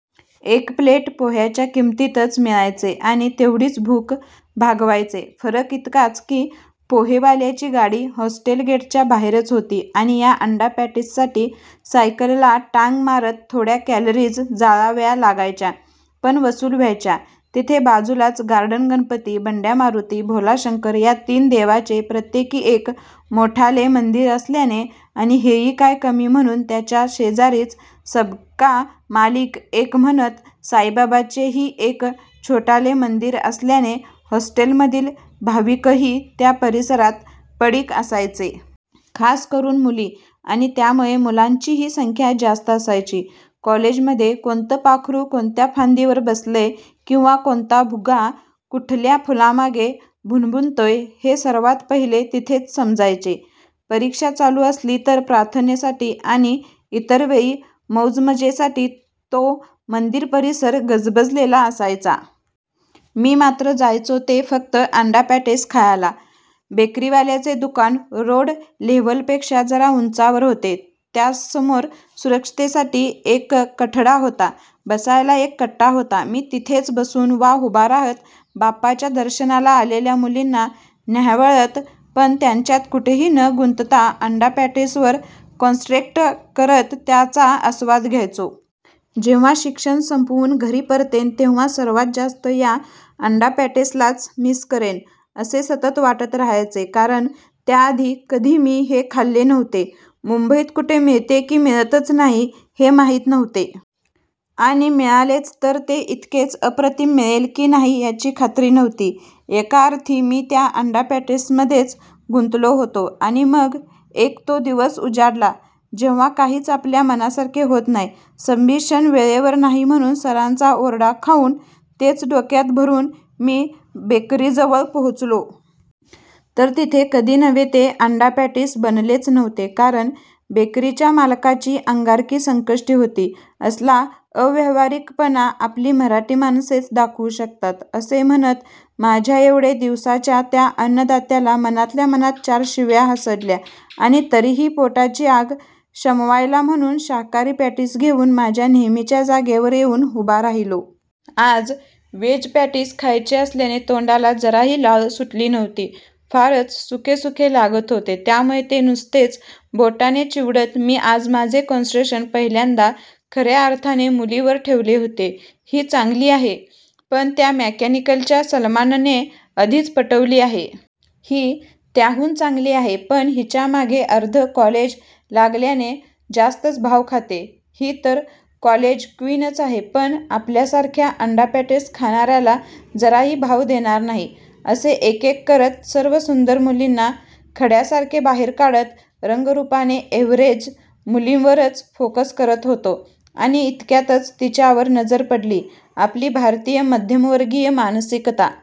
एक प्लेट पोह्यांच्या किमतीतच मिळायचे आणि तेवढीच भूक भागवायचे. फरक इतकाच की पोहेवाल्याची गाडी हॉस्टेल गेटच्या बाहेरच होती आणि या अंडा पॅटीससाठी सायकलला टांग मारत थोड्या कॅलरीज जाळाव्या लागायच्या. पण वसूल व्हायच्या. तिथे बाजूलाच गार्डन गणपती, बंड्या मारुती, भोला शंकर या तीन देवांचे प्रत्येकी एक मोठाले मंदिर असल्याने आणि हेही काय कमी म्हणून त्यांच्या शेजारीच सबका मालिक एक म्हणत साईबाबांचेही एक छोटाले मंदिर असल्याने हॉस्टेलमधील भाविकही त्या परिसरात पडीक असायचे. खास करून मुली. आणि त्यामुळे मुलांचीही संख्या जास्त असायची. कॉलेजमध्ये कोणतं पाखरू कोणत्या फांदीवर बसलेय किंवा कोणता भुंगा कुठल्या फुलामागे भुणभुणतोय हे सर्वात पहिले तिथेच समजायचे. परीक्षा चालू असली तर प्रार्थनेसाठी आणि इतरवेळी मौजमजेसाठी तो मंदिर परिसर गजबजलेला असायचा. मी मात्र जायचो ते फक्त अंडा पॅटीस खायला. बेकरीवाल्याचे दुकान रोड लेव्हलपेक्षा जरा उंचावर होते. त्यासमोर सुरक्षिततेसाठी एक कठडा होता. बसायला एक कट्टा होता. मी तिथेच बसून वा उभा राहत, बाप्पांच्या दर्शनाला आलेल्या मुलींना न्याहाळत, पण त्यांच्यात कुठेही न गुंतता अंडा पॅटीसवरच कॉन्सन्ट्रेट करत त्याचा आस्वाद घ्यायचो. जेव्हा शिक्षण संपवून घरी परतेन तेव्हा सर्वात जास्त या अंडा पॅटीसलाच मिस करेन असे सतत वाटत राहायचे. कारण त्याआधी कधी मी हे खाल्ले नव्हते. मुंबईत कुठे मिळते की मिळतच नाही हे माहीत नव्हते. आणि मिळालेच तर ते इतकेच अप्रतिम मिळेल की नाही याची खात्री नव्हती. एका अर्थी मी त्या अंडा पॅटीसमध्येच गुंतलो होतो. आणि मग एक तो दिवस उजाडला. जेव्हा काहीच आपल्या मनासारखे होत नाही. सबमिशन वेळेवर नाही म्हणून सरांचा ओरडा खाऊन तेच डोक्यात भरून मी बेकरीजवळ पोहोचलो. तर तिथे कधी नव्हे ते अंडा पॅटीस बनवलेच नव्हते. कारण बेकरीच्या मालकाची अंगारकी संकष्टी होती. असला अव्यावहारिकपणा आपली मराठी माणसेच दाखवू शकतात असे म्हणत माझ्या एवढे दिवसांच्या त्या अन्नदात्याला मनातल्या मनात चार शिव्या हासडल्या आणि तरीही पोटाची आग शमवायला म्हणून शाकाहारी पॅटीस घेऊन माझ्या नेहमीच्या जागेवर येऊन उभा राहिलो. आज वेज पॅटीस खायचे असल्याने तोंडाला जराही लाळ सुटली नव्हती. फारच सुके सुके लागत होते. त्यामुळे ते नुसतेच बोटांनी चिवडत मी आज माझे कॉन्सन्ट्रेशन पहिल्यांदा खऱ्या अर्थाने मुलींवर ठेवले होते. ही चांगली आहे, पण त्या मेकॅनिकलच्या सलमानने आधीच पटवली आहे. ही त्याहून चांगली आहे, पण हिच्या मागे अर्धे कॉलेज लागल्याने जास्तच भाव खाते. ही तर कॉलेज क्वीनच आहे, पण आपल्यासारख्या अंडा पॅटीस खाणाऱ्याला जराही भाव देणार नाही. असे एकेक करत सर्व सुंदर मुलींना खड्यासारखे बाहेर काढत रंगरूपाने एव्हरेज मुलींवरच फोकस करत होतो. आणि इतक्यातच तिच्यावर नजर पडली. आपली भारतीय मध्यमवर्गीय मानसिकता